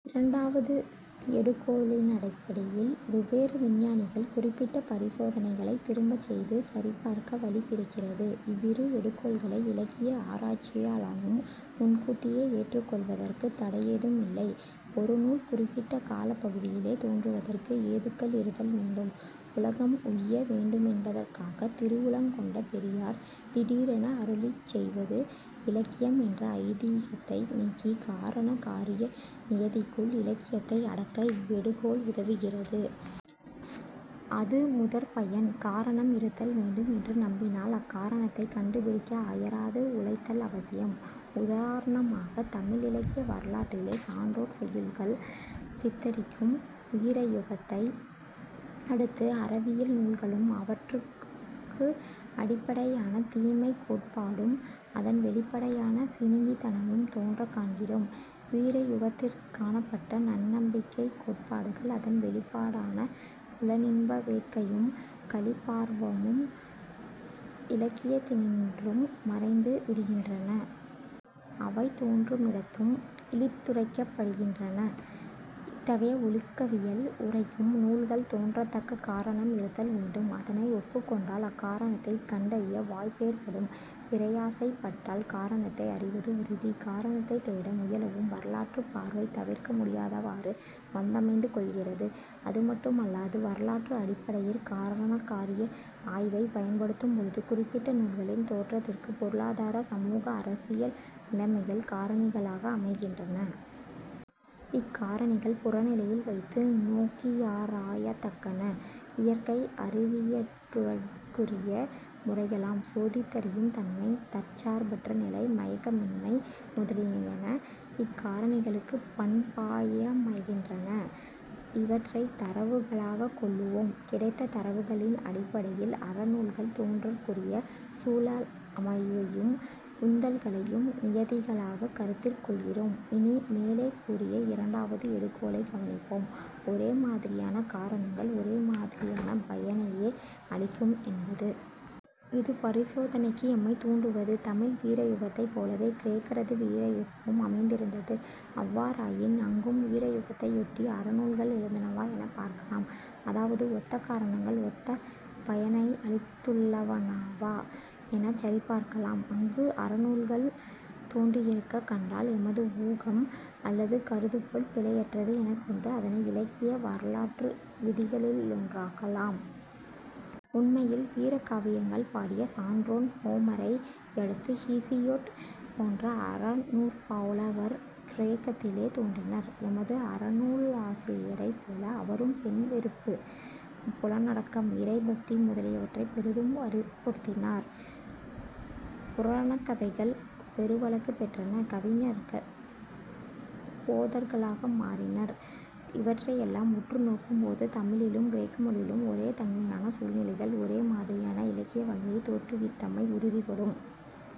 இரண்டாவது எடுகோளினடிப்படையில் வெவ்வேறு விஞ்ஞானிகள் குறிப்பிட்ட பரிசோதனைகளைத் திரும்பச்செய்து சரிபார்க்க வழி பிறக்கிறது. இவ்விரு எடுகோள்களை இலக்கிய ஆராய்ச்சியாளனும் முன்கூட்டியே ஏற்றுக் கொள்வதற்கு தடையெதுவுமில்லை. ஒரு நூல் குறிப்பிட்ட காலப்பகுதியிலே தோன்றுவதற்கு ஏதுக்கள் இருத்தல் வேண்டும். உலகம் உய்ய வேண்டுமென்பதற்காகத் திருவுளங் கொண்ட பெரியார் திடீரென அருளிச் செய்வது இலக்கியம் என்ற ஐதீகத்தை நீக்கி, காரண காரிய நியதிக்குள் இலக்கியத்தை அடக்க இவ்வெடுகோள் உதவுகிறது. அது முதற் பயன். காரணம் இருத்தல் வேண்டும் என்று நம்பினால் அக்காரணத்தைக் கண்டுபிடிக்க அயராது உழைத்தலவசியம். உதாரணமாகத் தமிழ் இலக்கிய வரலாற்றிலே சான்றோர் செய்யுள்கள் சித்திரிக்கும் வீரயுகத்தை யடுத்து, அறவியல் நூல்களும் அவற்றுக்கு அடிப்படையான தீமைக் கோட்பாடும் அதன் வௌிப்படையான சிணுங்கித்தனமும் தோன்றக் காண்கிறோம். வீரயுகத்திற் காணப்பட்ட நன்னம்பிக்கைக் கோட்பாடுகள் அதன் வௌிப்படான புலனின்ப வேட்கையும் களிப்பார்வமும் இலக்கியத்தின்றும் மறைந்து விடுகின்றன. அவை தோன்றுமிடத்தும் இழித்துரைக்கப்படுகின்றன. இத்தகைய ஒழுக்கவியல் உரைக்கும் நூல்கள் தோன்றத்தக்க காரணம் இருத்தல் வேண்டும். அதனை ஒப்புக் கொண்டால் அக்காரணத்தைக் கண்டறிய வாய்ப்பேற்படும். பிரயாசைப் பட்டால் காரணத்தை அறிவது உறுதி. காரணத்தைத் தேட முயலவும் வரலாற்றுப் பார்வை தவிர்க்க முடியாதவாறு வந்தமைந்து கொள்கிறது. அது மட்டுமல்லாது வரலாற்று அடிப்படையிற் காரணகாரிய ஆய்வைப் பயன் படுத்தும்பொழுது குறிப்பிட்ட நூல்களின் தோற்றத்திற்குப் பொருளாதார சமூக அரசியல் நிலைமைகள் காரணிகளாக அமைகின்றன. இக் காரணிகள் புறநிலையில் வைத்து நோக்கியாராயத்தக்கன. இயற்கை அறிவியற்றுறைக்குரிய முறைகளாம் 'சோதித்தறியும் தன்மை,' 'தற்சார்பற்ற நிலை,' 'மயக்கமின்மை' முதலியன இக்காரணிகளுக்குப் பண்பாயமைகின்றன. இவற்றைத் தரவுகளாகக் கொள்ளுவோம். கிடைத்த தரவுகளின் அடிப்படையில் அற நூல்கள் தோன்றற்குரிய சூழமைவையும் உந்தல்களையும் நியதிகளாகக் கருதிக் கொள்கிறோம். இனி, மேலே கூறிய இரண்டாவது எடுகோளைக் கவனிப்போம்: ஒரே மாதிரியான காரணங்கள் ஒரே மாதிரியான பயனையே அளிக்கும் என்பது. இது பரிசோதனைக்கு எம்மைத் தூண்டுவது தமிழ் வீரயுகத்தைப் போலவே கிரேக்கரது வீரயுகமும் அமைந்திருந்தது. அவ்வாறாயின் அங்கும் வீரயுகத்தையொட்டி அறநூல்கள் எழுந்தனவா எனப் பார்க்கலாம். அதாவது ஒத்த காரணங்கள் ஒத்த பயனையளித்துள்ளனவா எனச் சரிபார்க்கலாம். அங்கும் அறநூல்கள் தோன்றியிருக்கக் கண்டால் எமது ஊகம் அல்லது கருதுகோள் பிழையற்றது எனக் கொண்டு அதனை இலக்கிய வரலாற்று விதிகளிலொன்றாக்கலாம். உண்மையில் வீரகாவியங்கள் பாடிய சான்றோன் ஹோமரை யடுத்து ஹீசியொட் போன்ற அறநூற்புலவர் கிரேக்கத்திலே தோன்றினர். எமது அறநூலாசிரியரைப் போல அவரும் பெண் வெறுப்பு, புலனடக்கம், இறை பக்தி முதலியவற்றைப் பெரிதும் வற்புறுத்தினர்; புராணக் கதைகள் பெருவழக்குப் பெற்றன. கவிஞர் போதகர்களாக மாறினர். இவற்றையெல்லாம் உற்று நோக்கும் போது தமிழிலும் கிரேக்கமொழியிலும் ஒரே தன்மையான சூழ்நிலைகள் ஒரே மாதிரியான இலக்கிய வகையைத் தோற்றுவித்தமை உறுதிப்படும்.